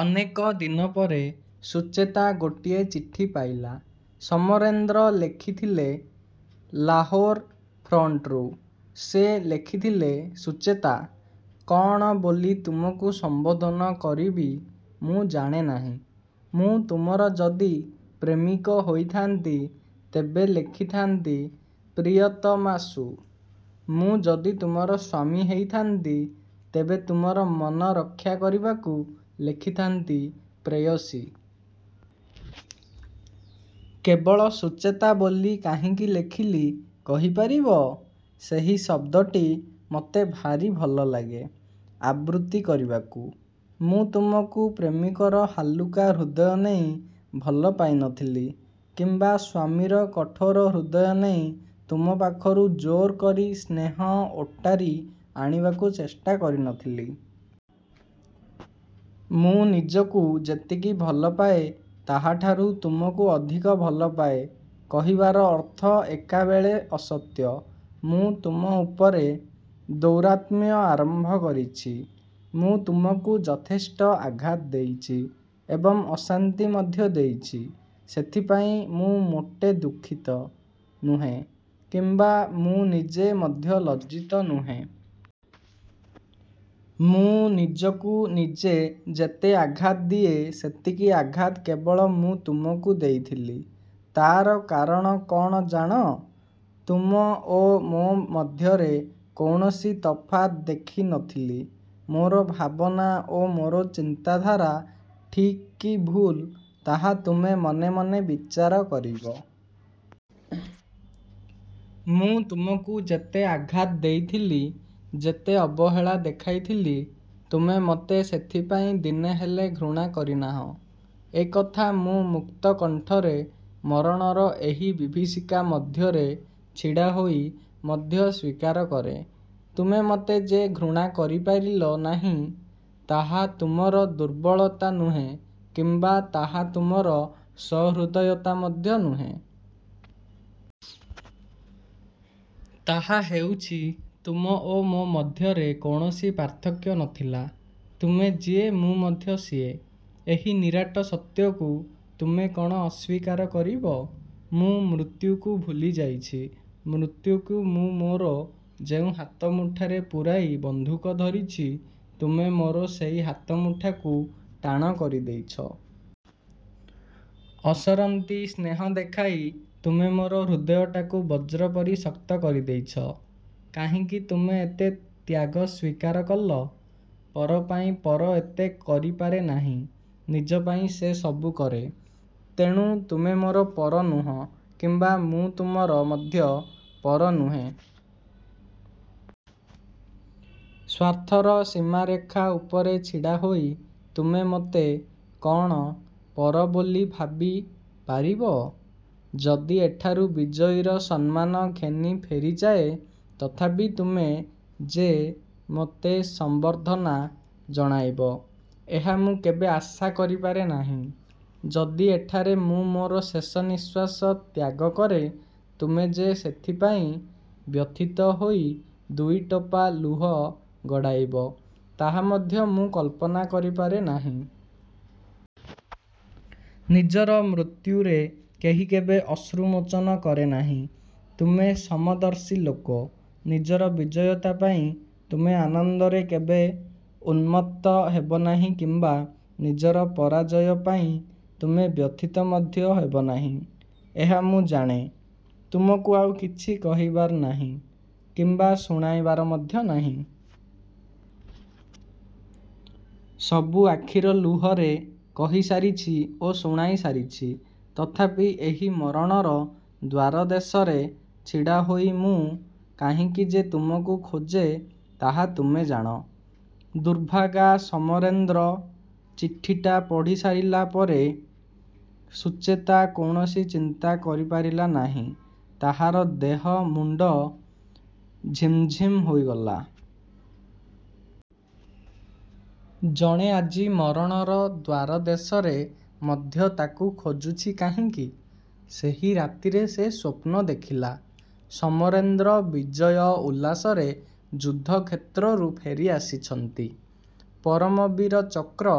ଅନେକ ଦିନପରେ ସୁଚେତା ଗୋଟିଏ ଚିଠି ପାଇଲା। ସମରେନ୍ଦ୍ର ଲେଖିଥିଲେ ଲାହୋର ଫ୍ରଣ୍ଟରୁ। ସେ ଲେଖିଥିଲେ- ସୁଚେତା! କ'ଣ ବୋଲି ତୁମକୁ ସମ୍ୱୋଧନ କରିବି ମୁଁ ଜାଣେନାହିଁ। ମୁଁ ତୁମର ଯଦି ପ୍ରେମିକ ହୋଇଥାନ୍ତି ତେବେ ଲେଖିଥାନ୍ତି 'ପ୍ରିୟତମାଷୁ'! ମୁଁ ଯଦି ତୁମର ସ୍ୱାମୀ ହୋଇଥାନ୍ତି, ତେବେ ତୁମର ମନ ରକ୍ଷାକରିବାକୁ ଲେଖିଥାନ୍ତି 'ପ୍ରେୟସୀ'। କେବଳ 'ସୁଚେତା' ବୋଲି କାହିଁକି ଲେଖିଲି କହିପାରିବ? ସେହି ଶବ୍ଦଟି ମୋତେ ଭାରି ଭଲଲାଗେ ଆବୃତ୍ତି କରିବାକୁ। ମୁଁ ତୁମକୁ ପ୍ରେମିକର ହାଲୁକା ହୃଦୟ ନେଇ ଭଲ ପାଇନଥିଲି କିମ୍ୱା ସ୍ୱାମୀର କଠୋର ହୃଦୟ ନେଇ ତୁମ ପାଖରୁ ଜୋରକରି ସ୍ନେହ ଓଟାରି ଆଣିବାକୁ ଚେଷ୍ଟା କରିନଥିଲି। ମୁଁ ନିଜକୁ ଯେତିକି ଭଲପାଏ, ତାହାଠାରୁ ତୁମକୁ ଅଧିକ ଭଲପାଏ କହିବାର ଅର୍ଥ ଏକାବେଳେ ଅସତ୍ୟ। ମୁଁ ତୁମ ଉପରେ ଦୌରାତ୍ମ୍ୟ ଆରମ୍ଭ କରିଛି। ମୁଁ ତୁମକୁ ଯଥେଷ୍ଟ ଆଘାତ ଦେଇଛି ଏବଂ ଅଶାନ୍ତି ମଧ୍ୟ ଦେଇଛି। ସେଥିପାଇଁ ମୁଁ ମୋଟେ ଦୁଃଖିତ ନୁହେଁ କିମ୍ୱା ମୁଁ ନିଜେ ମଧ୍ୟ ଲଜ୍ଜିତ ନୁହେଁ। ମୁଁ ନିଜକୁ ନିଜେ ଯେତେ ଆଘାତ ଦିଏ ସେତିକି ଆଘାତ କେବଳ ମୁଁ ତୁମକୁ ଦେଇଥିଲି। ତା'ର କାରଣ କ'ଣ ଜାଣ? ତୁମ ଓ ମୋ ମଧ୍ୟରେ କୌଣସି ତଫାତ୍ ଦେଖି ନ ଥିଲି। ମୋର ଭାବନା ଓ ମୋର ଚିନ୍ତାଧାରା ଠିକ୍ କି ଭୁଲ ତାହା ତୁମେ ମନେମନେ ବିଚାର କରିବ। ମୁଁ ତୁମକୁ ଯେତେ ଆଘାତ ଦେଇଥିଲି, ଯେତେ ଅବହେଳା ଦେଖାଇଥିଲି, ତୁମେ ମୋତେ ସେଥିପାଇଁ ଦିନେହେଲେ ଘୃଣା କରିନାହଁ। ଏକଥା ମୁଁ ମୁକ୍ତକଣ୍ଠରେ ମରଣର ଏହି ବିଭୀଷିକା ମଧ୍ୟରେ ଛିଡ଼ାହୋଇ ମଧ୍ୟ ସ୍ୱୀକାର କରେ। ତୁମେ ମୋତେ ଯେ ଘୃଣା କରିପାରିଲ ନାହିଁ, ତାହା ତୁମର ଦୁର୍ବଳତା ନୁହେଁ କିମ୍ୱା ତାହା ତୁମର ସହୃଦୟତା ମଧ୍ୟ ନୁହେଁ। ତାହା ହେଉଛି ତୁମ ଓ ମୋ ମଧ୍ୟରେ କୌଣସି ପାର୍ଥକ୍ୟ ନ ଥିଲା। ତୁମେ ଯିଏ ମୁଁ ମଧ୍ୟ ସିଏ। ଏହି ନିରାଟ ସତ୍ୟକୁ ତୁମେ କ'ଣ ଅସ୍ୱୀକାର କରିବ? ମୁଁ ମୃତ୍ୟୁକୁ ଭୁଲିଯାଇଛି। ମୃତ୍ୟୁକୁ ମୁଁ ମୋର ଯେଉଁ ହାତମୁଠାରେ ପୂରାଇ ବନ୍ଧୁକ ଧରିଛି, ତୁମେ ମୋର ସେହି ହାତମୁଠାକୁ ଟାଣ କରିଦେଇଛ। ଅସରନ୍ତି ସ୍ନେହ ଦେଖାଇ ତୁମେ ମୋର ହୃଦୟଟାକୁ ବଜ୍ର ପରି ଶକ୍ତ କରିଦେଇଛ। କାହିଁକି ତୁମେ ଏତେ ତ୍ୟାଗ ସ୍ୱୀକାର କଲ? ପର ପାଇଁ ପର ଏତେ କରିପାରେ ନାହିଁ। ନିଜ ପାଇଁ ସେ ସବୁ କରେ। ତେଣୁ ତୁମେ ମୋର ପର ନୁହଁ କିମ୍ୱା ମୁଁ ତୁମର ମଧ୍ୟ ପର ନୁହେଁ। ସ୍ୱାର୍ଥର ସୀମାରେଖା ଉପରେ ଛିଡ଼ାହୋଇ ତୁମେ ମୋତେ କ'ଣ ପର ବୋଲି ଭାବି। ପାରିବ? ଯଦି ଏଠାରୁ ବିଜୟୀର ସମ୍ମାନ ଘେନି ଫେରିଯାଏ ତଥାପି ତୁମେ ଯେ ମୋତେ ସମ୍ୱର୍ଦ୍ଧନା ଜଣାଇବ ଏହା ମୁଁ କେବେ ଆଶା କରିପାରେ ନାହିଁ। ଯଦି ଏଠାରେ ମୁଁ ମୋର ଶେଷନିଶ୍ୱାସ ତ୍ୟାଗକରେ ତୁମେ ଯେ ସେଥିପାଇଁ ବ୍ୟଥିତ ହୋଇ ଦୁଇଟୋପା ଲୁହ ଗଡ଼ାଇବ ତାହା ମଧ୍ୟ ମୁଁ କଳ୍ପନା କରିପାରେ ନାହିଁ। ନିଜର ମୃତ୍ୟୁରେ କେହି କେବେ ଅଶ୍ରୁମୋଚନ କରେ ନାହିଁ। ତୁମେ ସମଦର୍ଶୀ ଲୋକ। ନିଜର ବିଜୟତା ପାଇଁ ତୁମେ ଆନନ୍ଦରେ କେବେ ଉନ୍ମତ୍ତ ହେବନାହିଁ କିମ୍ବା ନିଜର ପରାଜୟ ପାଇଁ ତୁମେ ବ୍ୟଥିତ ମଧ୍ୟ ହେବ ନାହିଁ। ଏହା ମୁଁ ଜାଣେ। ତୁମକୁ ଆଉ କିଛି କହିବାର ନାହିଁ କିମ୍ୱା ଶୁଣାଇବାର ମଧ୍ୟ ନାହିଁ। ସବୁ ଆଖିର ଲୁହରେ କହିସାରିଛି ଓ ଶୁଣାଇ ସାରିଛି। ତଥାପି ଏହି ମରଣର ଦ୍ୱାରଦେଶରେ ଛିଡ଼ାହୋଇ ମୁଁ କାହିଁକି ଯେ ତୁମକୁ ଖୋଜେ ତାହା ତୁମେ ଜାଣ। ଦୁର୍ଭାଗା ସମରେନ୍ଦ୍ର। ଚିଠିଟା ପଢ଼ି ସାରିଲା ପରେ ସୁଚେତା କୌଣସି ଚିନ୍ତା କରିପାରିଲା ନାହିଁ। ତାହାର ଦେହ ମୁଣ୍ଡ ଝିମ୍ଝିମ୍ ହୋଇଗଲା। ଜଣେ ଆଜି ମରଣର ଦ୍ୱାରଦେଶରେ ମଧ୍ୟ ତାକୁ ଖୋଜୁଛି କାହିଁକି? ସେହି ରାତିରେ ସେ ସ୍ୱପ୍ନ ଦେଖିଲା, ''ସମରେନ୍ଦ୍ର ବିଜୟ ଉଲ୍ଲାସରେ ଯୁଦ୍ଧକ୍ଷେତ୍ରରୁ ଫେରିଆସିଛନ୍ତି। 'ପରମବୀର ଚକ୍ର'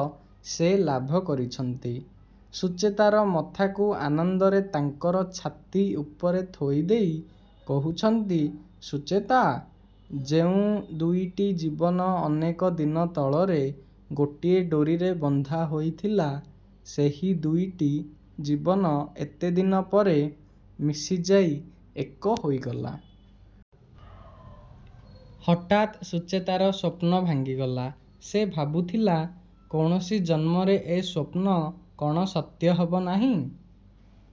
ସେ ଲାଭ କରିଛନ୍ତି। ସୁଚେତାର ମଥାକୁ ଆନନ୍ଦରେ ତାଙ୍କର ଛାତି ଉପରେ ଥୋଇଦେଇ କହୁଛନ୍ତି 'ସୁଚେତା'! ଯେଉଁ ଦୁଇଟି ଜୀବନ ଅନେକ ଦିନ ତଳରେ ଗୋଟିଏ ଡୋରିରେ ବନ୍ଧା ହୋଇଥିଲା, ସେହି ଦୁଇଟି ଜୀବନ ଏତେଦିନ ପରେ ମିଶିଯାଇ ଏକ ହୋଇଗଲା। '' ହଠାତ୍ ସୁଚେତାର ସ୍ୱପ୍ନ ଭାଙ୍ଗିଗଲା। ସେ ଭାବୁଥିଲା କୌଣସି ଜନ୍ମରେ ଏ ସ୍ୱପ୍ନ କ'ଣ ସତ୍ୟ ହେବ ନାହିଁ?